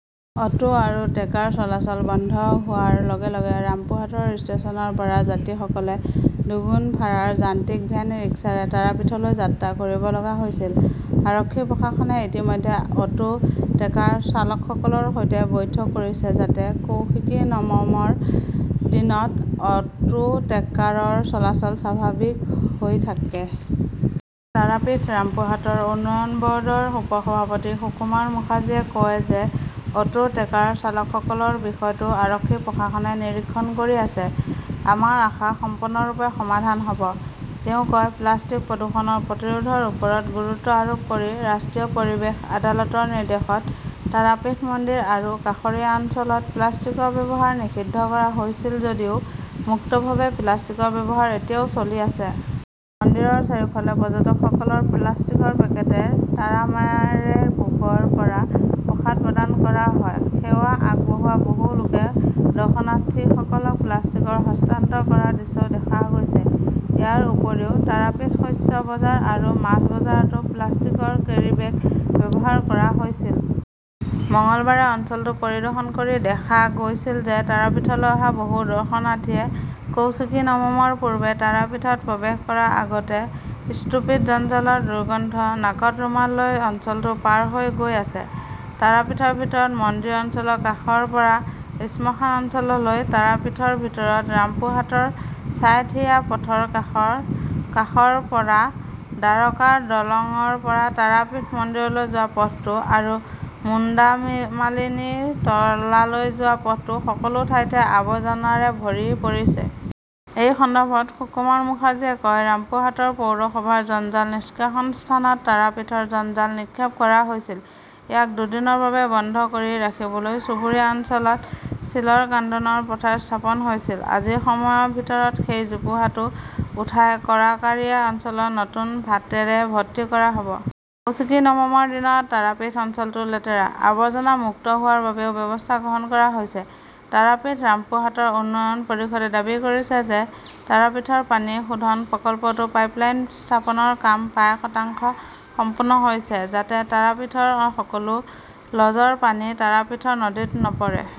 Auto আৰু trekker চলাচল বন্ধ হোৱাৰ লগে-লগে ৰামপুৰহাটৰ ষ্টেচনৰ পৰা যাত্ৰীসকলে দুগুণ ভাড়াৰ যান্ত্ৰিক ভেন ৰিক্সাৰে তাৰাপীঠলৈ যাত্ৰা কৰিব লগা হৈছিল। আৰক্ষী, প্ৰশাসনে ইতিমধ্যে অটো, ট্ৰেকাৰ চালকসকলৰ সৈতে বৈঠক কৰিছে যাতে কৌশিকী নৱমৰ দিনত অটো, ট্ৰেকাৰৰ চলাচল স্বাভাৱিক হৈ থাকে। তাৰাপীথ ৰামপুৰহাটৰ উন্নয়ন বৰ্ডৰ উপসভাপতি সুকুমাৰ মুখাৰ্জীয়ে কয় যে অটো, ট্ৰেকাৰ চালকসকলৰ বিষয়টো আৰক্ষী, প্ৰশাসনে নিৰীক্ষণ কৰি আছে। আমাৰ আশা সম্পূৰ্ণৰূপে সমাধান হ'ব। তেওঁ কয়, প্লাষ্টিক প্ৰদূষণ প্ৰতিৰোধৰ ওপৰত গুৰুত্ব আৰোপ কৰি ৰাষ্ট্ৰীয় পৰিৱেশ আদালতৰ নিৰ্দেশত তাৰাপীঠ মন্দিৰ আৰু কাষৰীয়া অঞ্চলত প্লাষ্টিকৰ ব্যৱহাৰ নিষিদ্ধ কৰা হৈছিল যদিও মুক্তভাৱে প্লাষ্টিকৰ ব্যৱহাৰ এতিয়াও চলি আছে। মন্দিৰৰ চাৰিওফালে পৰ্যটকসকলক প্লাষ্টিকৰ পেকেটত তাৰামায়াৰে ভোগৰ পৰা প্ৰসাদ প্ৰদান কৰা হয়। সেৱা আগবঢ়োৱা বহু লোকে দৰ্শনাৰ্থীসকলক প্লাষ্টিকৰ হস্তান্তৰ কৰাৰ দৃশ্যও দেখা গৈছে। ইয়াৰ উপৰিও তাৰাপীঠ শস্য বজাৰ আৰু মাছ বজাৰতো প্লাষ্টিকৰ কেৰিব্যাগ ব্যৱহাৰ কৰা হৈছিল। মঙলবাৰে অঞ্চলটো পৰিদৰ্শন কৰি দেখা গৈছিল যে তাৰাপীঠলৈ অহা বহু দৰ্শনাৰ্থীয়ে কৌশিকী নৱমৰ পূৰ্বে তাৰাপীঠত প্ৰৱেশ কৰাৰ আগতে স্তূপিত জঞ্জালৰ দুৰ্গন্ধত নাকত ৰুমাল লৈ অঞ্চলটো পাৰ হৈ গৈ আছে। তাৰাপীঠৰ ভিতৰত মন্দিৰ অঞ্চলৰ কাষৰ পৰা শ্মশান অঞ্চললৈ, তাৰাপীঠৰ ভিতৰত ৰামপুৰহাট ছাইথিয়া পথৰ কাষৰ কাষৰ পৰা, দ্বাৰকা দলংৰ পৰা তাৰাপীঠ মন্দিৰলৈ যোৱা পথটো আৰু মুণ্ডমালিনী তলালৈ যোৱা পথটো সকলো ঠাইতে আৱৰ্জনাৰে ভৰি পৰিছে। এই সন্দৰ্ভত সুকুমাৰ মুখাৰ্জীয়ে কয়, ৰামপুৰহাট পৌৰসভাৰ জঞ্জাল নিষ্কাশন স্থানত তাৰাপীঠৰ জঞ্জাল নিক্ষেপ কৰা হৈছিল। ইয়াক দুদিনৰ বাবে বন্ধ কৰি ৰাখিবলৈ চুবুৰীয়া অঞ্চলত চিলৰ কান্দোনৰ পথাৰ স্থাপন কৰা হৈছে। আজি সময়ৰ ভিতৰত সেই জোপোহাটো উঠাই কৰকাৰিয়া অঞ্চলত নতুন ভাটেৰে ভৰ্তি কৰা হ'ব। কৌশিকী নৱমৰ দিনত তাৰাপীঠ অঞ্চলটো লেতেৰা, আৱৰ্জনা মুক্ত হোৱাৰ বাবেও ব্যৱস্থা গ্ৰহণ কৰা হৈছে। তাৰাপীঠ ৰামপুৰহাটৰ উন্নয়ন পৰিষদে দাবী কৰিছে যে তাৰাপীঠৰ পানী শোধন প্ৰকল্পত পাইপলাইন স্থাপনৰ কাম প্ৰায় শতাংশ সম্পূৰ্ণ হৈছে যাতে তাৰাপীঠৰ সকলো লজৰ পানী তাৰাপীঠ নদীত নপৰে।